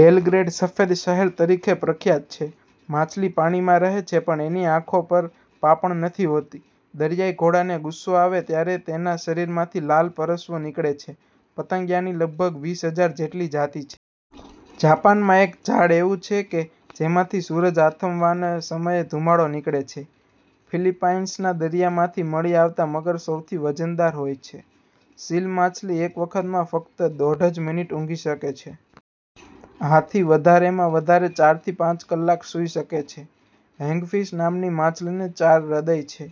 Belgrade સફેદ શહેર તરીકે પ્રખ્યાત છે. માછલી પાણીમાં રહે છે પણ એની આંખો પર પાંપણ નથી હોતી. દરિયાઈ ઘોડાને ગુસ્સો આવે ત્યારે તેનાં શરીરમાંથી લાલ પરસવો નીકળે છે. પતંગિયાની લગભગ વીસ હજાર જેટલી જાતિ છે. જાપાનમાં એક ઝાડ એવું છે કે જેમાંથી સૂરજ આથમવાના સમયે ધુમાડો નીકળે છે. ફિલિપાઈંસના દરિયામાંથી મળી આવતા મગર સૌથી વજનદાર હોય છે. સીલ માછલી એક વખતમાં ફક્ત દોઢ જ મિનિટ ઊંઘી શકે છે. હાથી વધારેમાં વધારે ચારથી પાંચ કલાક સૂઈ શકે છે. હેંગફિશ નામની માછલીને ચાર હૃદય છે.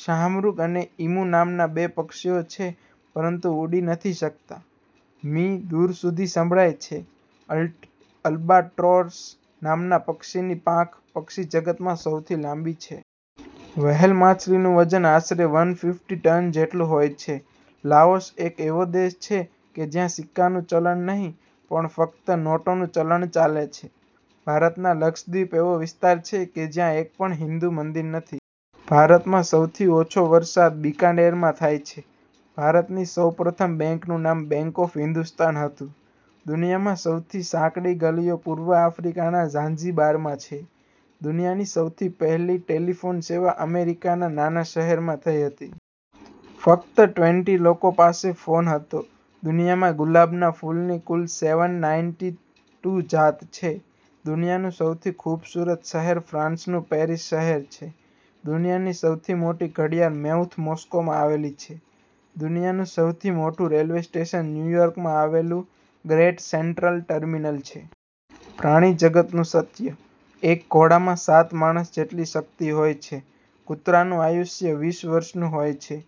શાહમૃગ અને ઈમુ નામના બે પક્ષીઓ છે પરંતુ ઉડી નથી શકતા. મી. દૂર સુધી સંભળાય છે. અલ્બાટ્રોર્સ નામના પક્ષીની પાંખ પક્ષી જગતમાં સૌથી લાંબી છે. વ્હેલ માછલીનું વજન આશરે વન ફિફ્ટી ટન જેટલું હોય છે. લાઓસ એક એવો દેશ છે કે જ્યાં સિક્કાનું ચલણ નહિ, પણ ફક્ત નોટોનું ચલણ ચાલે છે. ભારતના લક્ષદ્વિપ એવો વિસ્તાર છે કે જ્યાં એક પણ હિન્દુ મંદિર નથી. ભારતમાં સહુથી ઓછો વરસાદ બિકાનેરમાં થાય છે. ભારતની સૌ પ્રથમ બેંકનું નામ 'બેંક ઓફ હિન્દુસ્તાન' હતું! દુનિયામાં સહુથી સાંકડી ગલીઓ પૂર્વ આફ્રિકાના ઝાંઝીબારમાં છે! દુનિયાની સૌથી પહેલી ટેલિફોન સેવા અમેરિકાના નાના શહેરમાં થઈ હતી. ફક્ત ટ્વેન્ટીલોકો પાસે ફોન હતો. દુનિયામાં ગુલાબના ફૂલની કુલ સેવન નાઇન્ટી ટૂ જાત છે. દુનિયાનું સૌથી ખૂબસૂરત શહેર ફ્રાંસનું પેરિસ શહેર છે. દુનિયાની સૌથી મોટી ઘડિયાળ મેઉથ મૉસ્કોમાં આવેલી છે. દુનિયાનું સહુથી મોટું રેલ્વે સ્ટેશન ન્યુયોર્કમાં આવેલું 'ગ્રેટ સેંટ્રલ ટર્મિનલ' છે. પ્રાણી જગતનું સત્ય: એક ઘોડામાં સાત માણસ જેટલી શક્તિ હોય છે. કૂતરાનું આયુષ્ય વીસ વર્ષનું હોય છે.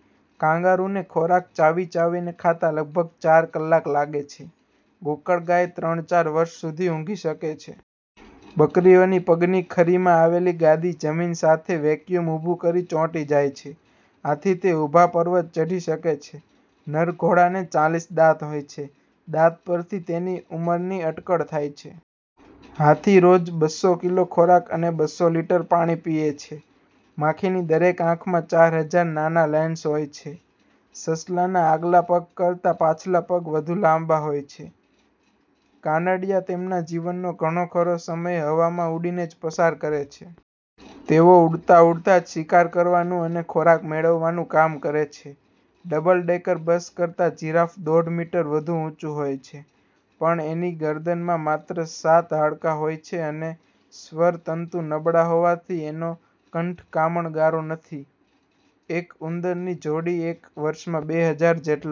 કાંગારુને ખોરાક ચાવીચાવીને ખાતા લગભગ ચાર કલાક લાગે છે. ગોકળ ગાય ત્રણ ચાર વર્ષ સુધી ઊંઘી શકે છે. બકરીઓની પગની ખરીમાં આવેલી ગાદી જમીન સાથે વૅક્યુમ ઊભું કરી ચોંટી જાય છે. આથી તે ઊભા પર્વત ચઢી શકે છે. નર ઘોડાને ચાલીસ દાંત હોય છે. દાંત પરથી તેની ઉંમરની અટકળ થાય છે. હાથી રોજ બસ્સો કિલો ખોરાક અને બસ્સો લિટર પાણી પીએ છે. માખીની દરેક આંખમાં ચાર હજાર નાના લૅંસ હોય છે. સસલાના આગલા પગ કરતા પાછલા પગ વધુ લાંબા હોય છે. કાનડિયા તેમના જીવનનો ઘણો ખરો સમય હવામાં ઊડીને જ પસાર કરે છે. તેઓ ઊડતાં ઊડતાં જ શિકાર કરવાનું અને ખોરાક મેળવવાનું કામ કરે છે. ડબલ ડેકર બસ કરતાં જિરાફ દોઢ મીટર વધુ ઊચું હોય છે, પણ એની ગરદનમાં માત્ર સાત હાડકાં હોય છે અને સ્વરતંતુ નબળા હોવાથી એનો કંઠ કામણ ગારો નથી. એક ઉંદરની જોડી એક વર્ષમાં બે હજાર જેટલાં